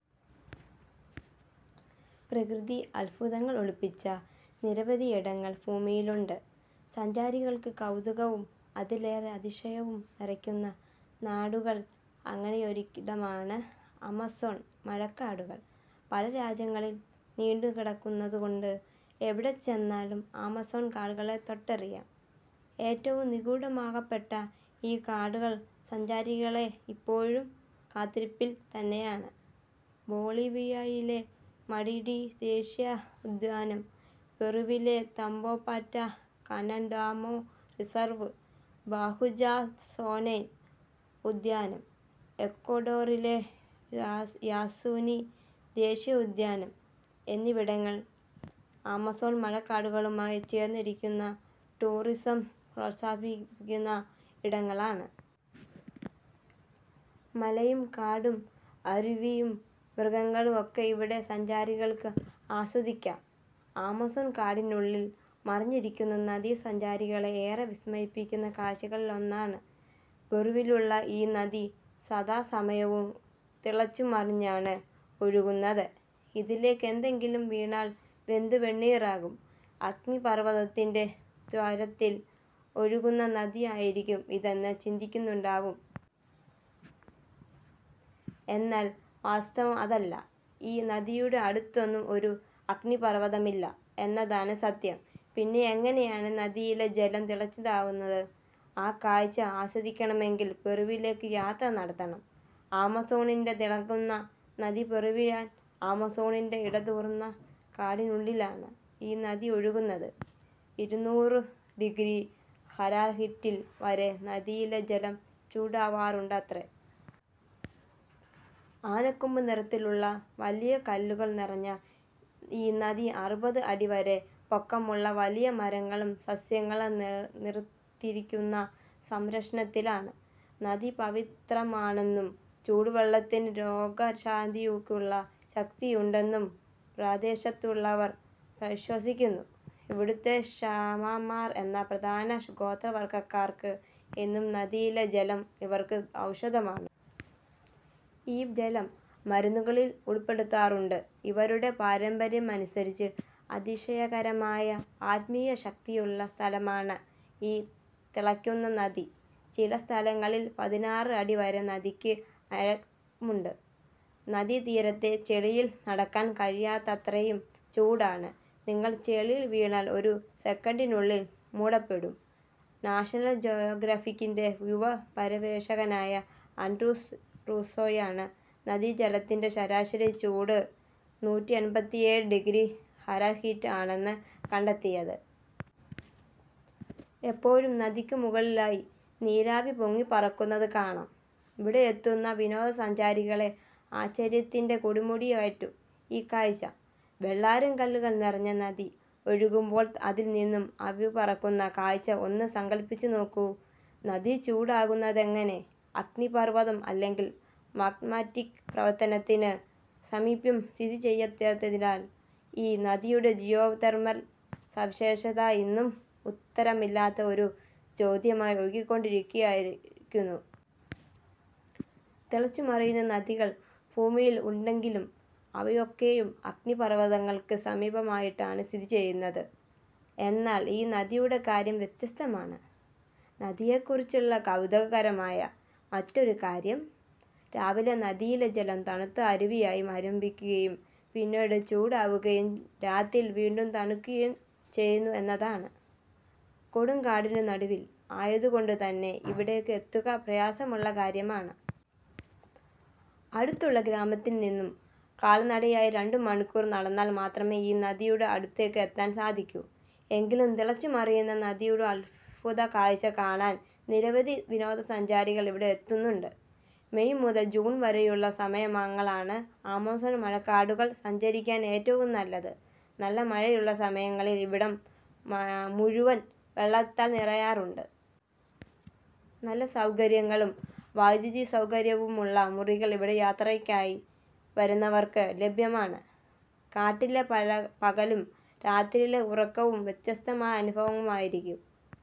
പ്രകൃതി അദ്ഭുതങ്ങൾ ഒളിപ്പിച്ച നിരവധിയിടങ്ങൾ ഭൂമിയിലുണ്ട്. സഞ്ചാരികൾക്ക് കൗതുകവും അതിലേറെ അതിശയവും നിറയ്ക്കുന്ന നാടുകൾ. അങ്ങനെയൊരിടമാണ് ആമസോൺ മഴക്കാടുകൾ. പല രാജ്യങ്ങളിൽ നീണ്ടു കിടക്കുന്നതു കൊണ്ട് എവിടെ ചെന്നാലും ആമസോൺ കാടുകളെ തൊട്ടറിയാം. ഏറ്റവും നിഗൂഢമാക്കപ്പെട്ട ഈ കാടുകൾ സഞ്ചാരികളെ ഇപ്പോഴും കാത്തിരിപ്പിൽ തന്നെയാണ്. ബൊളീവിയയിലെ മടിടി ദേശീയ ഉദ്യാനം, പെറുവിലെ Tambopata Candamo reserve, Bahuaja Sonene ഉദ്യാനം, എക്വഡോറിലെ യാസുനി ദേശീയ ഉദ്യാനം എന്നിവിടങ്ങൾ ആമസോൺ മഴക്കാടുകളുമായി ചേർന്നിരിക്കുന്ന ടൂറിസം പ്രോത്സാഹിപ്പിക്കുന്ന ഇടങ്ങളാണ്. മലയും കാടും, അരുവികളും മൃഗങ്ങളും ഒക്കെ ഇവിടെ സഞ്ചാരികൾക്ക് ആസ്വദിക്കാം. ആമസോൺ കാടിനുള്ളിൽ മറഞ്ഞിരിക്കുന്ന നദി സഞ്ചാരികളെ ഏറെ വിസ്മയിപ്പിക്കുന്ന കാഴ്ചകളിലൊന്നാണ്. പെറുവിലുള്ള ഈ നദി സദാസമയവും തിളച്ചു മറിഞ്ഞാണ് ഒഴുകുന്നത്. ഇതിലേക്ക് എന്തെങ്കിലും വീണാൽ വെന്തു വെണ്ണീറാകും. അഗ്നിപർവതത്തിന്റെ താഴ്വാരത്തിൽ ഒഴുകുന്ന നദി ആയിരിക്കും ഇതെന്ന് ചിന്തിക്കുന്നുണ്ടാവും. എന്നാൽ വാസ്തവം അതല്ല, ഈ നദിയുടെ അടുത്തൊന്നും ഒരു അഗ്നിപർവതമില്ല എന്നതാണ് സത്യം. പിന്നെയെങ്ങനെയാണ് നദിയിലെ ജലം തിളച്ചതാവുന്നത്? ആ കാഴ്ച ആസ്വദിക്കണമെങ്കിൽ പെറുവിലേക്ക് യാത്ര നടത്തണം. ആമസോണിന്റെ തിളക്കുന്ന നദി പെറുവിയൻ ആമസോണിന്റെ ഇടതൂർന്നകാടിനുള്ളിലാണ് ഈ നദി ഒഴുകുന്നത്. ഇരുനൂറ് ഡിഗ്രി ഹാരൻഹീറ്റിൽ വരെ നദിയിലെ ജലം ചൂടാവാറുണ്ടത്രേ. ആനക്കൊമ്പ് നിറത്തിലുള്ള വലിയ കല്ലുകൾ നിറഞ്ഞ ഈ നദി അറുപത് അടി വരെ പൊക്കമുള്ള വലിയ മരങ്ങളും സസ്യങ്ങളും തീർത്തിരിക്കുന്ന സംരക്ഷണത്തിലാണ്. നദി പവിത്രമാണെന്നും ചൂടുവെള്ളത്തിന് രോഗശാന്തിക്കുള്ള ശക്തിയുണ്ടെന്നും പ്രദേശത്തുള്ളവർ വിശ്വസിക്കുന്നു. ഇവിടുത്തെ ഷാമന്മാർ എന്ന പ്രധാന ഗോത്രവർഗ്ഗക്കാർക്ക് ഇന്നും നദിയിലെ ജലം ഇവർക്ക് ഔഷധമാണ്. ഈ ജലം മരുന്നുകളിൽ ഉൾപ്പെടുത്താറുണ്ട്. ഇവരുടെ പാരമ്പര്യമനുസരിച്ച്, അതിശയകരമായ ആത്മീയ ശക്തിയുള്ള സ്ഥലമാണ് ഈ തിളക്കുന്ന നദി. ചില സ്ഥലങ്ങളിൽ പതിനാറ് അടി വരെ നദിക്ക് ആഴമുണ്ട്. നദീതീരത്തെ ചെളിയിൽ നടക്കാൻ കഴിയാത്തത്രയും ചൂടാണ്. നിങ്ങൾ ചെളിയിൽ വീണാൽ ഒരു സെക്കൻഡിനുള്ളിൽ മൂടപ്പെടും. നാഷണൽ ജോഗ്രഫിക്കിന്റെ യുവ പര്യവേഷകനായ ആൻഡ്രൂസ് റൂസോയാണ് നദി ജലത്തിന്റെ ശരാശരി ചൂട് നൂറ്റിഎമ്പത്തിയേഴ് ഡിഗ്രി ഹാരൻഹീറ്റ് ആണെന്ന് കണ്ടെത്തിയത്. എപ്പോഴും നദിക്കു മുകളിലായി നീരാവി പൊങ്ങി പറക്കുന്നത് കാണാം. ഇവിടെ എത്തുന്ന വിനോദസഞ്ചാരികളെ ആശ്ചര്യത്തിന്റെ കൊടുമുടി കയറ്റും ഈ കാഴ്ച. വെള്ളാരം കല്ലുകൾ നിറഞ്ഞ നദി ഒഴുകുമ്പോൾ അതിൽ നിന്നും ആവിപറക്കുന്ന കാഴ്ച ഒന്ന് സങ്കൽപ്പിച്ചു നോക്കൂ. നദി ചൂടാകുന്നതെങ്ങനെ. അഗ്നിപർവ്വതം അല്ലെങ്കിൽ മാഗ്മാറ്റിക് പ്രവർത്തനത്തിന് സമീപം സ്ഥിതിചെയ്യാത്തതിനാൽ ഈ നദിയുടെ ജിയോതെർമൽ സവിശേഷത ഇന്നും ഉത്തരമില്ലാത്ത ഒരു ചോദ്യമായി ഒഴുകിക്കായ് യിരിക്കുന്നു. തിളച്ചുമറിയുന്ന നദികൾ ഭൂമിയിൽ ഉണ്ടെങ്കിലും അവയൊക്കെയും അഗ്നിപർവ്വതങ്ങൾക്ക് സമീപമായിട്ടാണ് സ്ഥിതി ചെയ്യുന്നത്. എന്നാൽ ഈ നദിയുടെ കാര്യം വ്യത്യസ്തമാണ്. നദിയെക്കുറിച്ചുള്ള കൗതുകകരമായ മറ്റൊരു കാര്യം, രാവിലെ നദിയിലെ ജലം തണുത്ത അരുവിയായി ആരംഭിക്കുകയും പിന്നീട് ചൂടാവുകയും രാത്രിയിൽ വീണ്ടും തണുക്കുകയും ചെയ്യുന്നു എന്നതാണ്. കൊടും കാടിന് നടുവിൽ ആയതുകൊണ്ടുതന്നെ ഇവിടേക്ക് എത്തുക പ്രയാസമുള്ള കാര്യമാണ്. അടുത്തുള്ള ഗ്രാമത്തിൽ നിന്നും കാൽനടയായി രണ്ടുമണിക്കൂർ നടന്നാൽ മാത്രമേ ഈ നദിയുടെ അടുത്തേക്ക് എത്താൻ സാധിക്കൂ. എങ്കിലും തിളച്ചുമറിയുന്ന നദിയുടെ അദ്ഭുത കാഴ്ച കാണാൻ നിരവധി വിനോദസഞ്ചാരികൾ ഇവിടെ എത്തുന്നുണ്ട്. മെയ് മുതൽ ജൂൺ വരെയുള്ള സമയങ്ങളാണ് ആമസോൺ മഴക്കാടുകൾ സഞ്ചരിക്കാൻ ഏറ്റവും നല്ലത്. നല്ല മഴയുള്ള സമയങ്ങളിൽ ഇവിടം മുഴുവൻ വെള്ളത്താൽ നിറയാറുണ്ട്. നല്ല സൗകര്യങ്ങളും വൈദ്യുതി സൗകര്യവുമുള്ള മുറികൾ ഇവിടെ യാത്രയ്ക്കായി വരുന്നവർക്ക് ലഭ്യമാണ്. കാട്ടിലെ പകലും രാത്രിയിലെ ഉറക്കവും വ്യത്യസ്തമായ അനുഭവമായിരിക്കും.